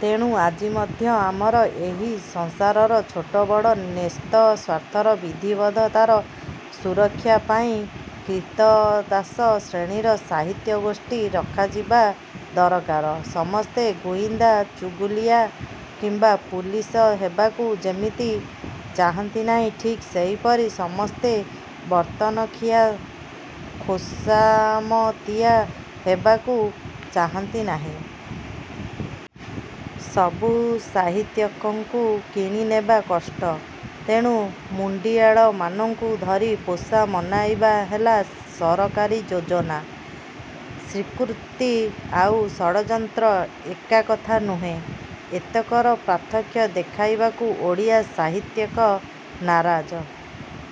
ତେଣୁ ଆଜି ମଧ୍ୟ ଆମର ଏହି ସଂସାରର ଛୋଟବଡ଼ ନ୍ୟସ୍ତସ୍ୱାର୍ଥର ବିଧିବଦ୍ଧତାର ସୁରକ୍ଷା ପାଇଁ କ୍ରୀତଦାସ ଶ୍ରେଣୀର ସାହିତ୍ୟଗୋଷ୍ଠୀ ରଖାଯିବା ଦରକାର। ସମସ୍ତେ ଗୁଇନ୍ଦା, ଚୁଗୁଲିଆ କିମ୍ୱା ପୁଲିସ ହେବାକୁ ଯେମିତି ଚାହାନ୍ତି ନାହିଁ ଠିକ୍ ସେହିପରି ସମସ୍ତେ ବର୍ତ୍ତନଖିଆ ଖୋସାମତିଆ ହେବାକୁ ଚାହାନ୍ତି ନାହିଁ। ସବୁ ସାହିତ୍ୟିକଙ୍କୁ କିଣି ନେବା କଷ୍ଟ। ତେଣୁ ମୁଣ୍ତିଆଳମାନଙ୍କୁ ଧରି ପୋଷା ମନାଇବା ହେଲା ସରକାରୀ ଯୋଜନା। ସ୍ୱୀକୃତି ଆଉ ଷଡ଼ଯନ୍ତ୍ର ଏକା କଥା ନୁହେଁ। ଏତକର ପାର୍ଥକ୍ୟ ଦେଖାଇବାକୁ ଓଡ଼ିଆ ସାହିତ୍ୟିକ ନାରାଜ।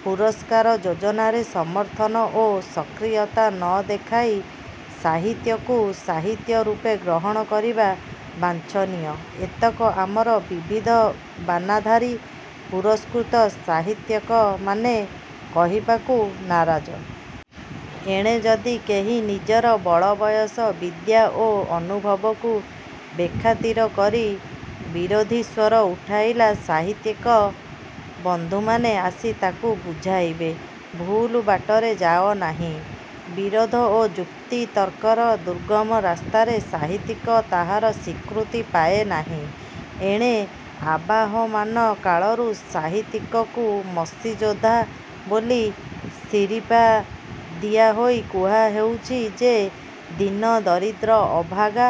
ପୁରସ୍କାର ଯୋଜନାରେ ସମର୍ଥନ ଓ ସକ୍ରିୟତା ନ ଦେଖାଇ ସାହିତ୍ୟକୁ ସାହିତ୍ୟ ରୂପେ ଗ୍ରହଣ କରିବା ବାଞ୍ଛନୀୟ-ଏତକ ଆମର ବିବିଧ ବାନାଧାରୀ ପୁରସ୍କୃତ ସାହିତ୍ୟିକମାନେ କହିବାକୁ ନାରାଜ। ଏଣେ ଯଦି କେହି ନିଜର ବଳବୟସ ବିଦ୍ୟା ଓ ଅନୁଭବକୁ ବେଖାତିର କରି ବିରୋଧୀ ସ୍ୱର ଉଠାଇଲା, ସାହିତ୍ୟିକ ବନ୍ଧୁମାନେ ଆସି ତାକୁ ବୁଝାଇବେ-ଭୁଲ ବାଟରେ ଯାଅ ନାହିଁ। ବିରୋଧ ଓ ଯୁକ୍ତିତର୍କର ଦୁର୍ଗମ ରାସ୍ତାରେ ସାହିତ୍ୟିକ ତାହାର ସ୍ୱୀକୃତି ପାଏ ନାହିଁ। ଏଣେ ଆବହମାନ କାଳରୁ ସାହିତ୍ୟିକକୁ ମସିଯୋଦ୍ଧା ବୋଲି ଶିରିପା ଦିଆହୋଇ କୁହା ହେଉଛି ଯେ ଦୀନ ଦରିଦ୍ର ଅଭାଗା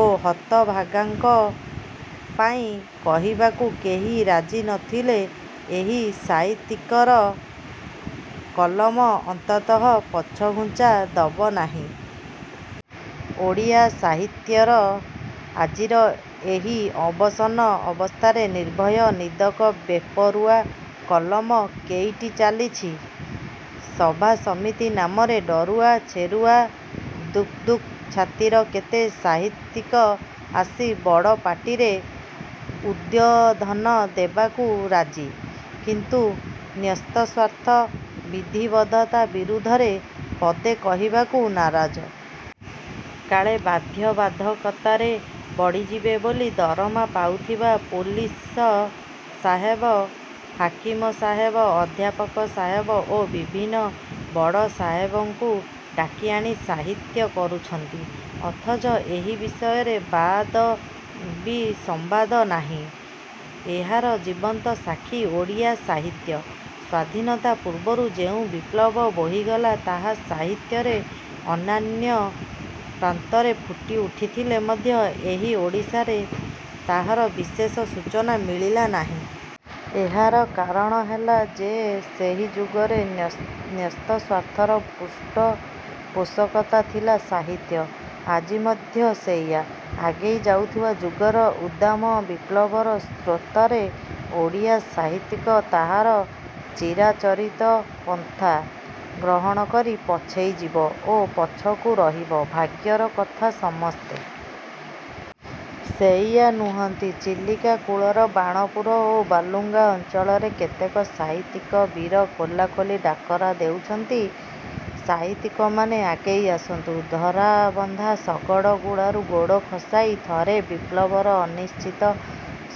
ଓ ହତଭାଗାଙ୍କ ପାଇଁ କହିବାକୁ କେହି ରାଜି ନ ଥିଲେ ଏହି ସାହିତ୍ୟିକର କଲମ ଅନ୍ତତଃ ପଛଘୁଞ୍ଚା ଦବ ନାହିଁ। ଓଡ଼ିଆ ସାହିତ୍ୟର ଆଜିର ଏହି ଅବସନ୍ନ ଅବସ୍ଥାରେ ନିର୍ଭୟ ନିଦକ ବେପରୁଆ କଲମ କେଇଟି ଚାଲିଛି? ସଭାସମିତି ନାମରେ ଡରୁଆ, ଛେରୁଆ, ଦୁକ୍ ଦୁକ୍ ଛାତିର କେତେ ସାହିତ୍ୟିକ ଆସି ବଡ଼ ପାଟିରେ ଉଦ୍ବୋଧନ ଦେବାକୁ ରାଜି। କିନ୍ତୁ ନ୍ୟସ୍ତସ୍ୱାର୍ଥ, ବିଧିବଦ୍ଧତା ବିରୁଦ୍ଧରେ ପଦେ କହିବାକୁ ନାରାଜ। କାଳେ ବାଧ୍ୟ ବାଧକତାରେ ପଡ଼ିଯିବେ ବୋଲି ଦରମା ପାଉଥିବା ପୁଲିସ ସାହେବ, ହାକିମ ସାହେବ, ଅଧ୍ୟାପକ ସାହେବ ଓ ବିଭିନ୍ନ ବଡ଼ ସାହେବଙ୍କୁ ଡାକିଆଣି ସାହିତ୍ୟ କରୁଛନ୍ତି। ଅଥଚ ଏହି ବିଷୟରେ ବାଦ ବିସମ୍ୱାଦ ନାହିଁ। ଏହାର ଜୀବନ୍ତ ସାକ୍ଷୀ ଓଡ଼ିଆ ସାହିତ୍ୟ। ସ୍ୱାଧୀନତା ପୂର୍ବରୁ ଯେଉଁ ବିପ୍ଳବ ବୋହିଗଲା ତାହା ସାହିତ୍ୟରେ ଅନ୍ୟାନ୍ୟ ପ୍ରାନ୍ତରେ ଫୁଟି ଉଠିଥିଲେ ମଧ୍ୟ ଏହି ଓଡ଼ିଶାରେ ତାହାର ବିଶେଷ ସୂଚନା ମିଳିଲା ନାହିଁ। ଏହାର କାରଣ ହେଲା ଯେ ସେହି ଯୁଗରେ ନ୍ୟସ୍ତସ୍ୱାର୍ଥର ପୃଷ୍ଠପୋଷକତା ଥିଲା ସାହିତ୍ୟ। ଆଜି ମଧ୍ୟ ସେଇଆ। ଆଗେଇ ଯାଉଥିବା ଯୁଗର ଉଦ୍ଦାମ ବିପ୍ଳବର ସ୍ରୋତରେ ଓଡ଼ିଆ ସାହିତ୍ୟିକ ତାହାର ଚିରାଚରିତ ପନ୍ଥା ଗ୍ରହଣ କରି ପଛେଇ ଯିବ ଓ ପଛକୁ ରହିବ। ଭାଗ୍ୟର କଥା ସମସ୍ତେ। ସେଇଆ ନୁହନ୍ତି। ଚିଲିକା କୂଳର ବାଣପୁର ଓ ବାଲୁଗାଁ ଅଞ୍ଚଳରେ କେତେକ ସାହିତ୍ୟିକ ବୀର ଖୋଲାଖୋଲି ଡାକରା ଦେଉଛନ୍ତି-ସାହିତ୍ୟିକମାନେ ଆଗେଇ ଆସନ୍ତୁ। ଧରାବନ୍ଧା ଶଗଡ଼ଗୁଳାରୁ ଗୋଡ଼ ଖସାଇ ଥରେ ବିପ୍ଳବର ଅନିଶ୍ଚିତ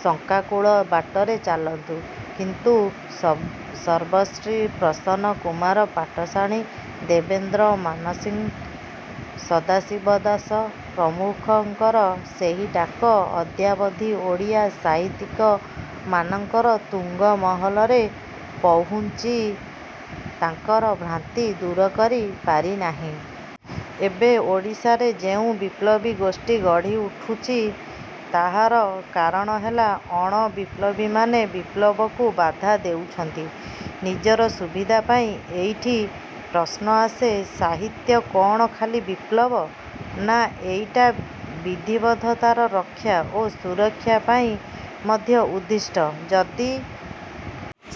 ଶଙ୍କାକୁଳ ବାଟରେ ଚାଲନ୍ତୁ। କିନ୍ତୁ ସର୍ବଶ୍ରୀ ପ୍ରସନ୍ନ କୁମାର ପାଟଶାଣୀ, ଦେବେନ୍ଦ୍ର ମାନସିଂ, ସଦାଶିବ ଦାସ ପ୍ରମୁଖଙ୍କର ସେହି ଡାକ ଅଦ୍ୟାବଧି ଓଡ଼ିଆ ସାହିତ୍ୟିକ ମାନଙ୍କର ତୁଙ୍ଗ ମହଲରେ ପହୁଞ୍ଚି ତାଙ୍କର ଭ୍ରାନ୍ତି ଦୂର କରି ପାରିନାହିଁ। ଏବେ ଓଡ଼ିଶାରେ ଯେଉଁ ବିପ୍ଳବୀ ଗୋଷ୍ଠୀ ଗଢ଼ି ଉଠୁଛି ତାହାର କାରଣ ହେଲା ଅଣ-ବିପ୍ଳବୀମାନେ ବିପ୍ଳବକୁ ବାଧା ଦେଉଛନ୍ତି ନିଜର ସୁବିଧା ପାଇଁ। ଏଇଠି ପ୍ରଶ୍ନ ଆସେ-ସାହିତ୍ୟ କ'ଣ ଖାଲି ବିପ୍ଳବ? ନା ଏଇଟା ବିଧିବଦ୍ଧତାର ରକ୍ଷା ଓ ସୁରକ୍ଷା ପାଇଁ ମଧ୍ୟ ଉଦ୍ଦିଷ୍ଟ? ଯଦି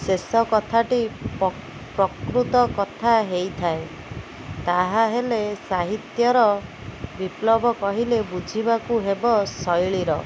ଶେଷ କଥାଟି ପ୍ରକୃତ କଥା ହେଇଥାଏ ତାହାହେଲେ ସାହିତ୍ୟର ବିପ୍ଳବ କହିଲେ ବୁଝିବାକୁ ହେବ-ଶୈଳୀର,